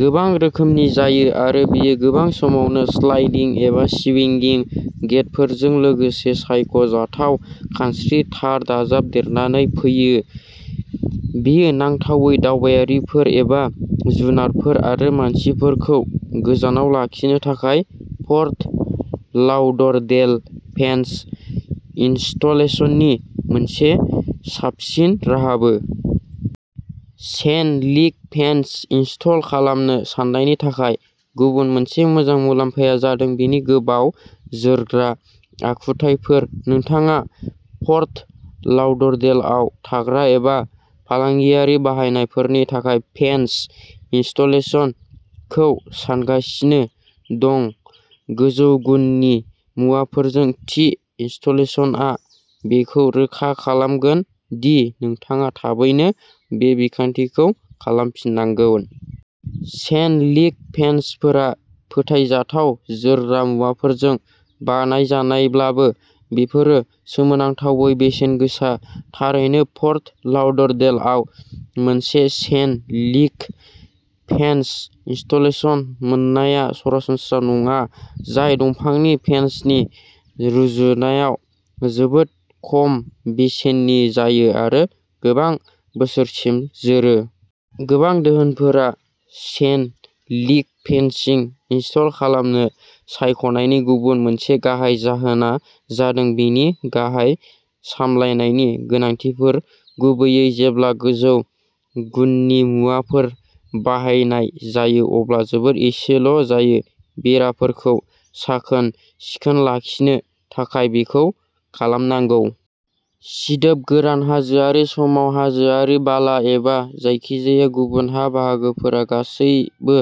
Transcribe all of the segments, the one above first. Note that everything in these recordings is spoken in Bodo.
गोबां रोखोमनि जायो आरो बेयो गोबां समावनो स्लाइडिं एबा स्विंगिं गेटफोरजों लोगोसे सायख'जाथाव खानस्रि तार दाजाबदेरनानै फैयो। बेयो नांथावै दावबायारिफोर एबा जुनारफोर आरो मानसिफोरखौ गोजानाव लाखिनो थाखाय फर्ट लाउडरडेल फेन्स इनस्टलेशननि मोनसे साबसिन राहाबो। चेन लिंक फेन्स इनस्टल खालामनो साननायनि थाखाय गुबुन मोनसे मोजां मुलाम्फाया जादों बेनि गोबाव जोरग्रा आखुथायफोर। नोंथाङा फर्ट लाउडरडेलआव थाग्रा एबा फालांगियारि बाहायनायफोरनि थाखाय फेन्स इनस्टलेशनखौ सानगासिनो दं, गोजौ गुननि मुवाफोरजों थि इनस्टलेशनआ बेखौ रोखा खालामगोन दि नोंथाङा थाबैनो बे बिखान्थिखौ खालामफिननांगोन। चेन लिंक फेन्सफोरा फोथायजाथाव जोरग्रा मुवाफोरजों बानायजानायब्लाबो, बेफोरो सोमोनांथावै बेसेनगोसा। थारैनो, फर्ट लाउडरडेलआव मोनसे चेन लिंक फेन्स इनस्टलेशन मोननाया सरासनस्रा नङा, जाय दंफांनि फेन्सनि रुजुनायाव जोबोद खम बेसेननि जायो आरो गोबां बोसोरसिम जोरो। गोबां दोहोनफोरा चेन लिंक फेन्सिं इनस्टल खालामनो सायख'नायनि गुबुन मोनसे गाहाय जाहोना जादों बेनि गाहाय सामलायनायनि गोनांथिफोर। गुबैयै जेब्ला गोजौ गुननि मुवाफोर बाहायनाय जायो, अब्ला जोबोद एसेल' जायो। बेराफोरखौ साखोन-सिखोन लाखिनो थाखाय बेखौ खालामनांगौ। सिदोब, गोरान, हाजोआरि, समान, हाजोआरि, बाला एबा जायखिजाया गुबुन हा बाहागोफोरा गासैबो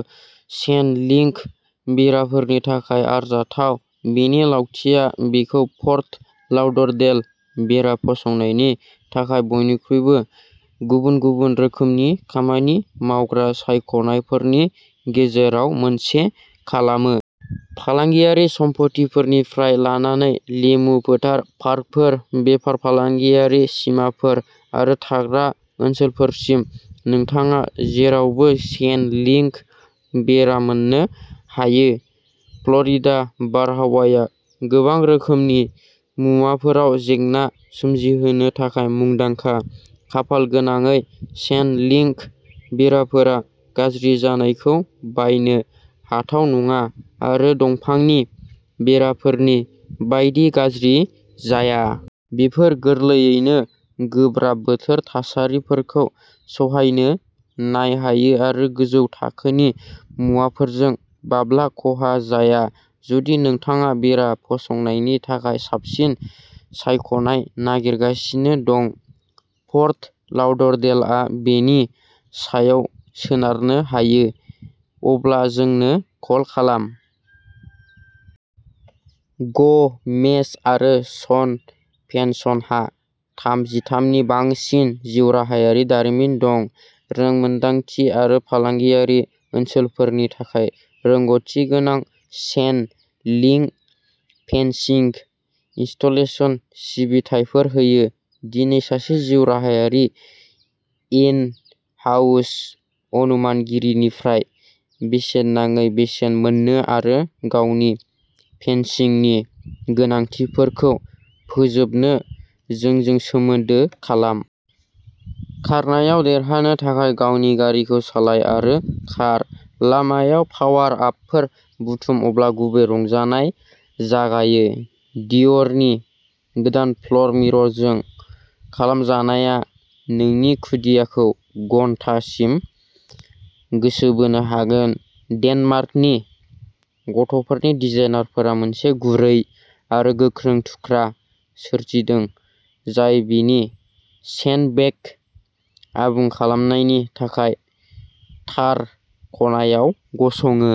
चेन लिंक बेराफोरनि थाखाय आरजाथाव। बेनि लावथिया बेखौ फर्ट लाउडरडेल बेरा फसंनायनि थाखाय बयनिख्रुइबो गुबुन-गुबुन रोखोमनि खामानि मावग्रा सायख'नायफोरनि गेजेराव मोनसे खालामो। फालांगियारि सम्पथिफोरनिफ्राय लानानै लेमु फोथार, पार्कफोर, बेफार-फालांगियारि सिमाफोर आरो थाग्रा ओनसोलफोरसिम, नोंथाङा जेरावबो चेन लिंक बेरा मोननो हायो। फ्लरिडा बारहावाया गोबां रोखोमनि मुवाफोराव जेंना सोमजिहोनो थाखाय मुंदांखा। खाफाल गोनांनायै, चेन लिंक बेराफोरा गाज्रि जानायखौ बायनो हाथाव नङा आरो दंफांनि बेराफोरनि बायदि गाज्रि जाया। बेफोर गोरलैयैनो गोब्राब बोथोर थासारिफोरखौ सहायनो नायहायो आरो गोजौ थाखोनि मुवाफोरजों बाब्ला ख'हा जाया। जुदि नोंथाङा बेरा फसंनायनि थाखाय साबसिन सायख'नाय नागिरगासिनो दं, फर्ट लाउडरडेलआ बेनि सायाव सोनारनो हायो, अब्ला जोंनो कल खालाम। ग'मेज आरो सन फेन्सहा थाम जिथायनि बांसिन जिउराहायारि दारिमिन दं। रोंमोन्दांथि आरो फालांगियारि ओनसोलफोरनि थाखाय रोंग'थिगोनां चेन लिंक फेंसिंग इनस्टलेशन सिबिथाइफोर होयो। दिनै सासे जिउराहायारि इन-हाउस अनुमानगिरिनिफ्राय बेसेन नाङै बेसेन मोन्नो आरो गावनि फेनसिंनि गोनांथिफोरखौ फोजोबनो जोंजों सोमोन्दो खालाम। खारनायाव देरहानो थाखाय गावनि गारिखौ सालाय आरो खार। लामायाव पावार आपफोर बुथुम। अब्ला गुबै रंजानाय जागायो। डियरनि गोदान फ्ल'र मिररजों खालामजानाया नोंनि खुदियाखौ घन्टासिम गोसो बोनो हागोन। डेनमार्कनि गथ'फोरनि डिजाइनार फोरा मोनसे गुरै आरो गोख्रों थुख्रा सोरजिदों जाय बिनि सेन्डबेग आबुं खालामनायनि थाखाय थार खनायाव गसङो।